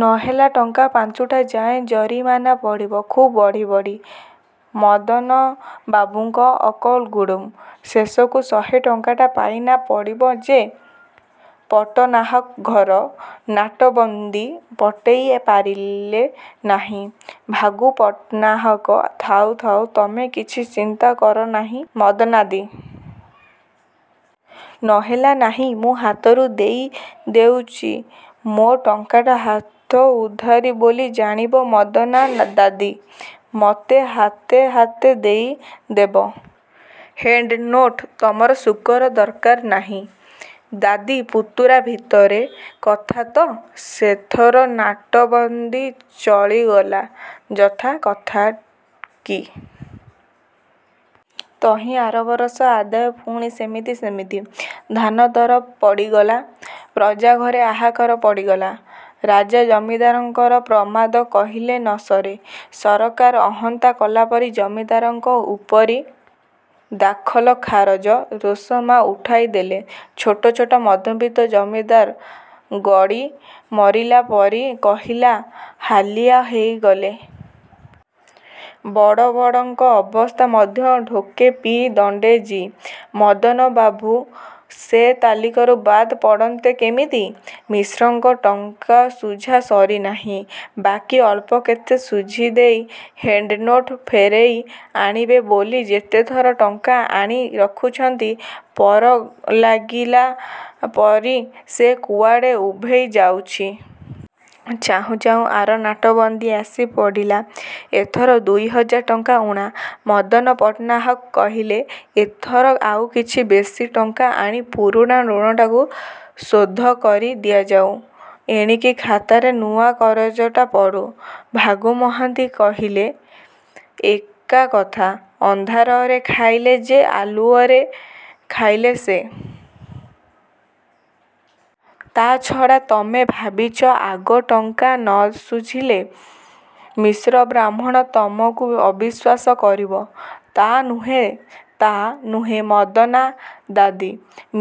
ନ ହେଲା ଟଙ୍କା ପାଞ୍ଚୁଟା ଯାଏଁ ଜରିମାନା ପଡ଼ିବ। –ଖୁବ୍ ବଢ଼ି ବଢ଼ି। '' ମଦନବାବୁଙ୍କ ଅକଲଗୁଡ଼ୁମ୍। ''ଶେଷକୁ ଶହେ ଟଙ୍କାଟା ପାଇ ନା ପଡ଼ିବ ଯେ ପଟ୍ଟନାହାକ ଘର ନାଟବନ୍ଦୀ ପଟେଇ ପାରିଲେ ନାହିଁ। '' ''ଭାଗୁ ପଟ୍ଟନାହାକ ଥାଉ ଥାଉ ତମେ କିଛି ଚିନ୍ତା କର ନାହିଁ ମଦନାଦି। ନ ହେଲା, ନାହିଁ ମୁଁ ହାତରୁ ଦେଇ ଦେଉଚି। ମୋ ଟଙ୍କାଟା ହାତ ଉଦ୍ଧାରି ବୋଲି ଜାଣିବ ମଦନାଦାଦି। ମୋତେ ହାତେ ହାତେ ଦେଇଦେବ। ହେଣ୍ଡନୋଟ ତମସୁକର ଦରକାର ନାହିଁ। ଦାଦି ପୁତୁରା ଭିତରେ କଥା ତ। '' ସେଥର ନାଟବନ୍ଦୀ ଚଳିଗଲା। ଯଥା କଥା କି। ତହିଁ ଆର ବରଷ ଆଦାୟ ପୁଣି ସେମିତି ସେମିତି। ଧାନ ଦର ପଡ଼ିଗଲା। ପ୍ରଜାଘରେ ହାହାକାର ପଡ଼ିଗଲା। ରାଜା ଜମିଦାରଙ୍କର ପ୍ରମାଦ କହିଲେ ନସରେ। ସରକାର ଅହନ୍ତା କଲାପରି ଜମିଦାରଙ୍କ ଉପରି ଦାଖଲଖାରଜ ରୋସମା ଉଠାଇ ଦେଲେ। ଛୋଟ ଛୋଟ ମଧ୍ୟବିତ୍ତ ଜମିଦାର ଗଡ଼ି ମରିଲାପରି କହିଲା ହାଲିଆ ହେଇଗଲେ। ବଡ଼ବଡ଼ଙ୍କ ଅବସ୍ଥା ମଧ୍ୟ ଢୋକେ ପି ଦଣ୍ଡେ ଜୀ। ମଦନବାବୁ ସେ ତାଲିକାରୁ ବାଦ୍ ପଡ଼ନ୍ତେ କେମିତି। ମିଶ୍ରଙ୍କ ଟଙ୍କା ଶୁଝା ସରିନାହିଁ। ବାକି ଅଳ୍ପ କେତେ ଶୁଝିଦେଇ ହେଣ୍ଡନୋଟ ଫେରେଇ ଆଣିବେ ବୋଲି ଯେତେଥର ଟଙ୍କା ଆଣି ରଖୁଛନ୍ତି, ପର ଲାଗିଲା ପରି ସେ କୁଆଡ଼େ ଉଭେଇଯାଉଛି। ଚାହୁଁଚାହୁଁ ଆର ନାଟବନ୍ଦୀ ଆସି ପଡ଼ିଲା। ଏଥର ଦୁଇହଜାର ଟଙ୍କା ଊଣା। ମଦନ ପଟ୍ଟନାହାକ କହିଲେ, ଏଥର ଆଉ କିଛି ବେଶି ଟଙ୍କା ଆଣି ପୁରୁଣା ଋଣଟାକୁ ଶୋଧକରି ଦିଆଯାଉ। ଏଣିକି ଖାତାରେ ନୂଆ କରଜଟା ପଡ଼ୁ। ଭାଗୁ ମହାନ୍ତି କହିଲେ–ଏକା କଥା–ଅନ୍ଧାରରେ ଖାଇଲେ ଯେ ଆଲୁଅରେ ଖାଇଲେ ସେ। ତା' ଛଡ଼ା ତମେ ଭାବିଛ ଆଗ ଟଙ୍କା ନ ଶୁଝିଲେ ମିଶ୍ର ବାହ୍ମୁଣ ତମକୁ ଅବିଶ୍ୱାସ କରିବ। ତା' ନୁହେଁ–ତା' ନୁହେଁ ମଦନାଦାଦି।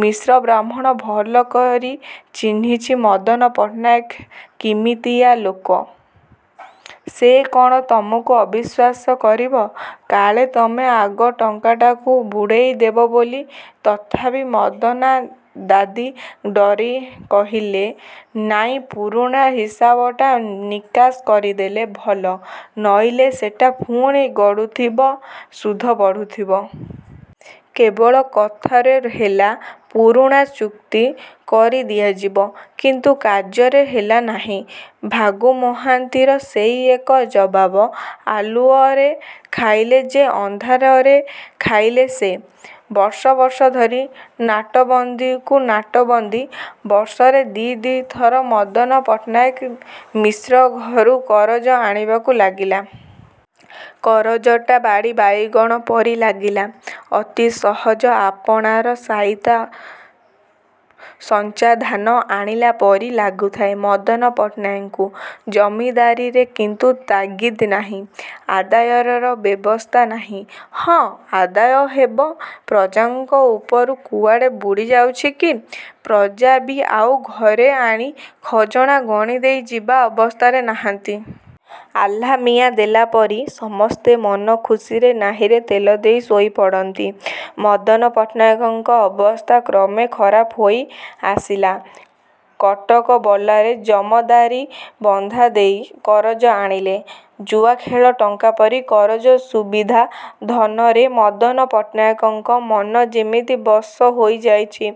ମିଶ୍ର ବାହ୍ମୁଣ ଭଲ କରି ଚିହ୍ନିଚି ମଦନ ପଟ୍ଟନାୟକ କିମିତିଆ ଲୋକ। ସେ କ'ଣ ତମକୁ ଅବିଶ୍ୱାସ କରିବ, କାଳେ ତମେ ଆଗ ଟଙ୍କାଟାକୁ ବୁଡ଼େଇଦେବ ବୋଲି, ତଥାପି ମଦାନାଦାଦି ଡରେ କହିଲେ–ନାଇଁ ପୁରୁଣା ହିସାବଟା ନିକାଶ କରିଦେଲେ ଭଲ, ନଇଲେ ସେଟା ପୁଣି ଗଡ଼ୁଥିବ–ସୁଧ ଚଢ଼ୁଥିବ। କେବଳ କଥାରେ ହେଲା ପୁରୁଣା ଚୁକ୍ତି କରି ଦିଆଯିବ। କିନ୍ତୁ କାର୍ଯ୍ୟରେ ହେଲା ନାହିଁ। ଭାଗୁ ମହାନ୍ତିର ସେଇ ଏକ ଜବାବ–ଆଲୁଅରେ ଖାଇଲେ ଯେ, ଅନ୍ଧାରରେ ଖାଇଲେ ସେ। ବର୍ଷ ବର୍ଷ ଧରି ନାଟବନ୍ଦୀକୁ ନାଟବନ୍ଦୀ, ବର୍ଷରେ ଦି' ଦି' ଥର ମଦନ ପଟ୍ଟନାୟକ ମିଶ୍ରଘରୁ କରଜ ଆଣିବାକୁ ଲାଗିଲେ। କରଜଟା ବାଡ଼ି ବାଇଗଣ ପରି ଲାଗିଲା। ଅତି ସହଜ–ଆପଣାର ସାଇତା ସଞ୍ଚାଧାନ ଆଣିଲା ପରି ଲାଗୁଥାଏ ମଦନ ପଟ୍ଟନାଏକଙ୍କୁ। ଜମିଦାରୀରେ କିନ୍ତୁ ତାଗିଦା ନାହିଁ। ଆଦାୟର ବ୍ୟବସ୍ଥା ନାହିଁ। ହଁ, ଆଦାୟ ହେବ। ପ୍ରଜାଙ୍କ ଉପରୁ କୁଆଡ଼େ ବୁଡ଼ିଯାଇଛି କି? ପ୍ରଜାଏବି ଆଉ ଘରେ ଆଣି ଖଜଣା ଗଣିଦେଇ ଯିବା ଅବସ୍ଥାରେ ନାହାନ୍ତି। ଆଲ୍ଲାମିଆଁ ଦେଲାପରି ସମସ୍ତେ ମନ ଖୁସିରେ ନାହିରେ ତେଲଦେଇ ଶୋଇପଡ଼ନ୍ତି। ମଦନ ପଟ୍ଟନାୟକଙ୍କ ଅବସ୍ଥା କ୍ରମେ ଖରାପ ହୋଇଆସିଲା। କଟକବଲାରେ ଜମଦାରୀ ବନ୍ଧାଦେଇ କରଜ ଆଣିଲେ। ଜୁଆଖେଳ ଟଙ୍କାପରି କରଜର ସୁବିଧା ଧନରେ ମଦନ ପଟ୍ଟନାଏକଙ୍କ ମନ ଯେମିତି ବଶ ହୋଇଯାଇଛି।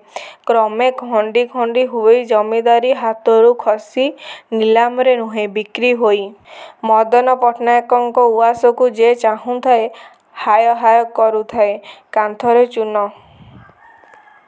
କ୍ରମେ ଖଣ୍ଡି ଖଣ୍ଡି ହୋଇ ଜମିଦାରୀ ହାତରୁ ଖସିଲା–ନିଲାମରେ ନୁହେଁ–ବିକ୍ରିହୋଇ। ମଦନପଟ୍ଟନାୟକଙ୍କ ଉଆସକୁ ଯେ ଚାହୁଁଥାଏ, ହାୟ ହାୟ କରୁଥାଏ। କାନ୍ଥରେ ଚୂନ